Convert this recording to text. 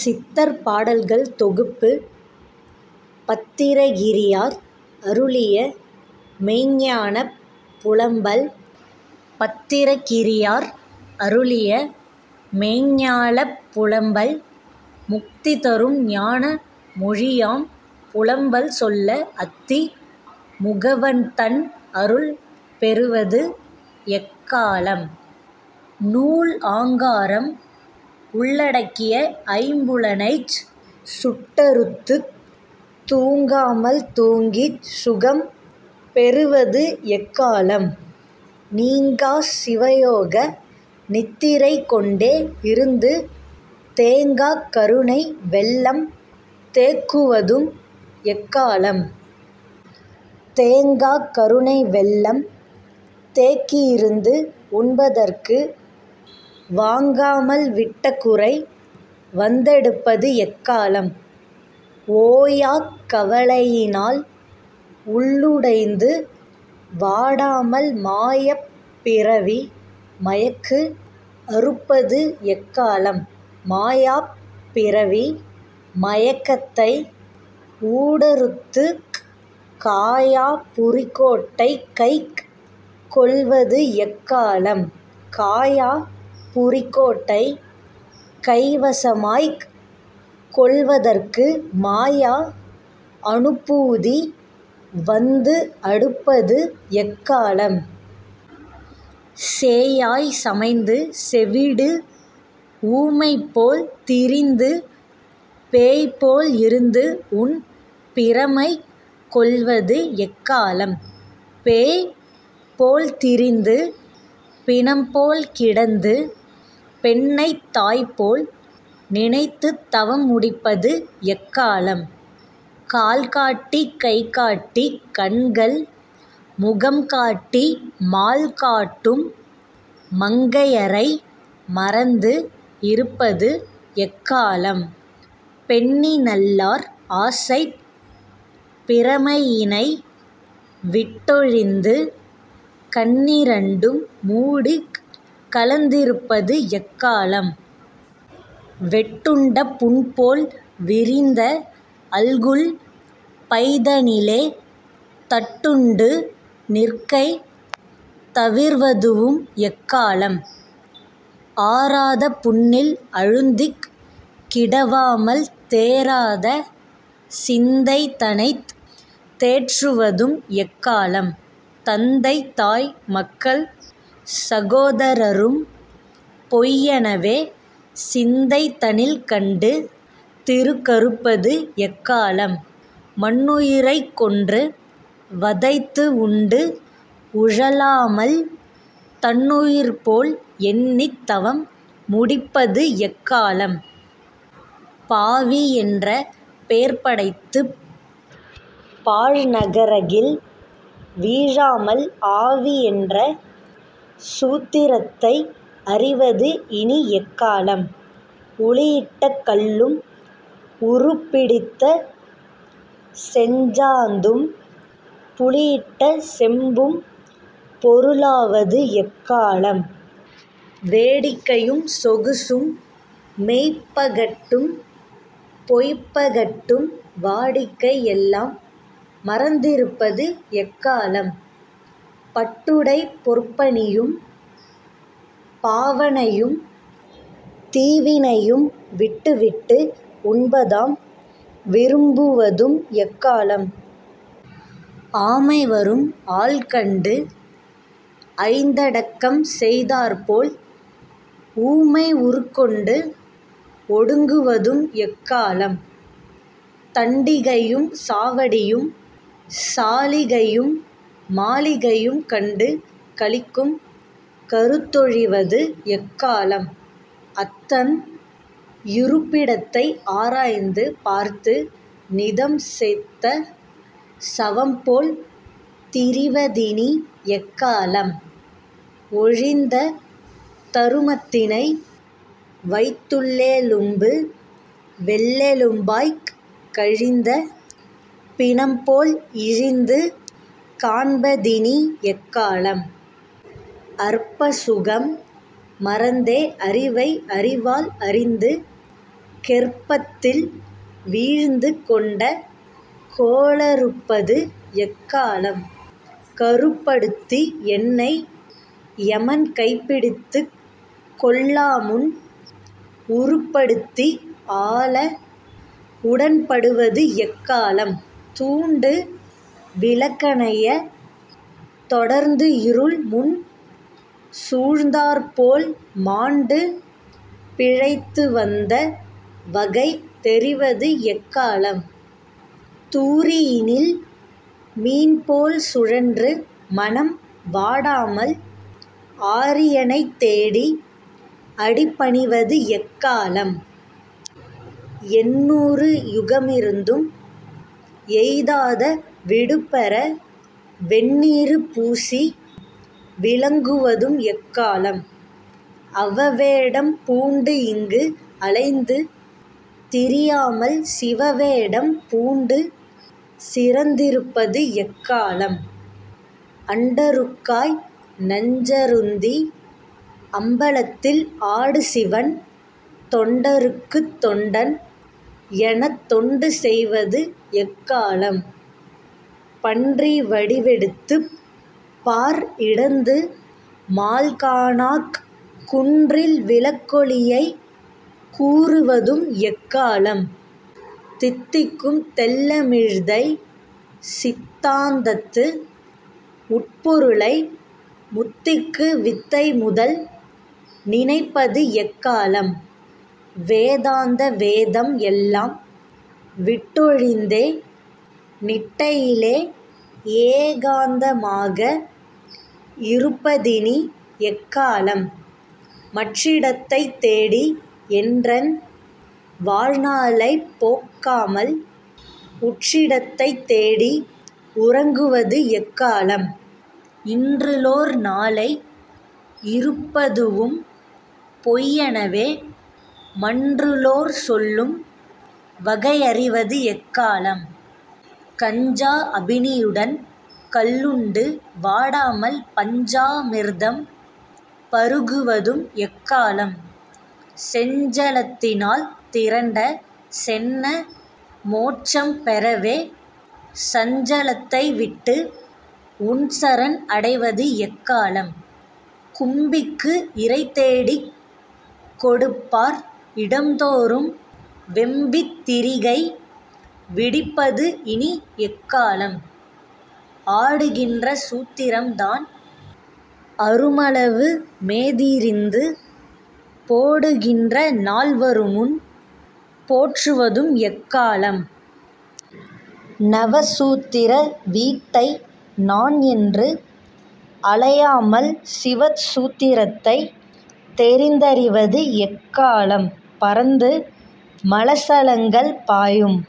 சித்தர் பாடல்கள் தொகுப்பு பத்திரகிரியார் அருளிய மெய்ஞ்ஞானப் புலம்பல் பத்திரகிரியார் அருளிய மெய்ஞ்ஞானப் புலம்பல் முக்திதரும் ஞான மொழியாம் புலம்பல் சொல்ல அத்தி முகவன்தன் அருள் பெருவது எக்காலம்? நூல் ஆங்காரம் உள்ளடக்கிய ஐம்புலனைச் சுட்டறுத்துத் தூங்காமல் தூங்கிச் சுகம் பெறுவது எக்காலம்? நீங்காச் சிவயோக நித்திரை கொண்டே இருந்து தேங்காக் கருணை வெள்ளம் தேக்குவதும் எக்காலம்? தேங்காக் கருணைவெள்ளம் தேக்கியிருந்து உண்பதற்கு வாங்காமல் விட்டகுறை வந்தெடுப்பது எக்காலம்? ஓயாக் கவலையினால் உள்ளுடைந்து வாடாமல் மாயாப் பிறவி மயக்கு அறுப்பது எக்காலம்? மாயாப் பிறவி மயக்கத்தை ஊடறுத்துக் காயா புரிக்கோட்டை கைக் கொள்வது எக்காலம்? காயா புரிக்கோட்டை கைவசமாய்க் கொள்வதற்கு மாயா அனுபூதி வந்துஅடுப்பது எக்காலம்? சேயாய்ச் சமைந்து செவிடு ஊமை போல் திரிந்து பேய்போல் இருந்து உன் பிரமை கொள்வது எக்காலம்? பேய் போல்திரிந்து பிணம்போல் கிடந்து பெண்ணைத் தாய்போல் நினைத்து தவம் முடிப்பது எக்காலம்? கால்காட்டிக் கைகாட்டிக் கண்கள் முகம்காட்டி மால்காட்டும் மங்கையரை மறந்து இருப்பது எக்காலம்? பெண்ணினல்லார் ஆசைப் பிரமையினை விட்டொழிந்து கண்ணிரண்டும் மூடிக் கலந்திருப்பது எக்காலம்? வெட்டுண்ட புண்போல் விரிந்த அல்குல் பைதனிலே தட்டுண்டு நிற்கை தவிர்வதுவும் எக்காலம்? ஆறாத புண்ணில் அழுந்திக் கிடவாமல் தேறாத சிந்தைதனைத் தேற்றுவதும் எக்காலம்? தந்தை தாய் மக்கள் சகோதரரும் பொய்யெனவே சிந்தைதனில் கண்டு திருக்கறுப்பது எக்காலம்? மன்னுயிரைக் கொன்று வதைத்து உண்டு உழலாமல் தன்னுயிர்போல் எண்ணித் தவம் முடிப்பது எக்காலம்? பாவி என்ற பேர்படைத்துப் பாழ்நரகில் வீழாமல் ஆவி என்ற சூத்திரத்தை அறிவது இனி எக்காலம்? உளியிட்ட கல்லும் உருப்பிடித்த செஞ்சாந்தும் புளியிட்ட செம்பும் பொருளாவது எக்காலம்? வேடிக்கையும் சொகுசும் மெய்ப்பகட்டும் பொய்ப்பகட்டும் வாடிக்கை எல்லாம் மறந்திருப்பது எக்காலம்? பட்டுடை பொற்பணியும் பாவனையும் தீவினையும் விட்டுவிட்டு உன்பாதம் விரும்புவதும் எக்காலம்? ஆமைவரும் ஆள்கண்டு ஐந்தடக்கம் செய்தாற்போல் ஊமை உருக்கொண்டு ஒடுங்குவதும் எக்காலம்? தண்டிகையும் சாவடியும் சாளிகையும் மாளிகையும் கண்டு களிக்கும் கருத்தொழிவது எக்காலம்? அத்தன் இருப்பிடத்தை ஆராய்ந்து பார்த்து நிதம் செத்த சவம்போல் திரிவதினி எக்காலம்? ஒழிந்த தருமத்தினை வைத்துள்ளெலும்பு வெள்ளெலும்பாய்க் கழிந்த பிணம்போல்இ ழிந்து காண்பதினி எக்காலம்? அற்பசுகம் மறந்தே அறிவை அறிவால் அறிந்து கெர்ப்பத்தில் வீழிந்து கொண்ட கோளறுப்பது எக்காலம்? கருப்படுத்தி என்னை யமன் கைப்பிடித்துக் கொள்ளாமுன் உருப்படுத்தி ஆள உடன்படுவது எக்காலம்? தூண்டு விளக்கணைய தொடர்ந்து இருள் முன் சூழ்ந்தாற்போல் மாண்டு பிழைத்துவந்த வகை தெரிவது எக்காலம்? தூரியினில் மீன்போல் சுழன்று மனம் வாடாமல் ஆரியனைத் தேடி அடிபணிவது எக்காலம்? எண்ணூறு யுகமிருந்தும் எய்தாத விடுபெற வெண்ணீறு பூசி விளங்குவதும் எக்காலம்? அவவேடம் பூண்டு இங்கு அலைந்து திரியாமல் சிவவேடம் பூண்டு சிறந்திருப்பது எக்காலம்? அண்டருக்காய் நஞ்சருந்தி அம்பலத்தில் ஆடுசிவன் தொண்டருக்குத் தொண்டன் எனத் தொண்டு செய்வது எக்காலம்? பன்றி வடிவெடுத்துப் பார் இடந்து மால்காணாக் குன்றில் விளக்கொளியைக் கூறுவதும் எக்காலம்? தித்திக்கும் தெள்ளமிழ்தை சித்தாந்தத்து உட்பொருளை முத்திக்கு வித்தை முதல் நினைப்பது எக்காலம்? வேதாந்தவேதம் எல்லாம் விட்டொழிந்தே நிட்டையிலே ஏகாந்தமாக இருப்பதினி எக்காலம்? மற்றிடத்தைத் தேடி என்றன் வாழ்நாளைப் போக்காமல் உற்றிடத்தைத் தேடி உறங்குவதும் எக்காலம்? இன்றுளோர் நாளை இருப்பதுவும் பொய்யெனவே மன்றுளோர் சொல்லும் வகையறிவது எக்காலம்? கஞ்சா அபினியுடன் கள்ளுண்டு வாடாமல் பஞ்சா மிர்தம் பருகுவதும் எக்காலம்? செஞ்சலத்தினால் திரண்ட சென்ன மோட்சம்பெறவே சஞ்சலத்தை விட்டு உன் சரண் அடைவது எக்காலம்? கும்பிக்கு இரைதேடிக் கொடுப்பார் இடம்தோறும் வெம்பித் திரிகை விடுப்பது இனி எக்காலம்? ஆடுகின்ற சூத்திரம் தான் அறுமளவுமேதிரிந்து போடுகின்ற நாள் வருமுன் போற்றுவதும் எக்காலம்? நவசூத் திர வீட்டை நான்என்று அலையாமல் சிவசூத் திரத்தைத் தெரிந்தறிவது எக்காலம்? பரந்து மலசலங்கள் பாயும்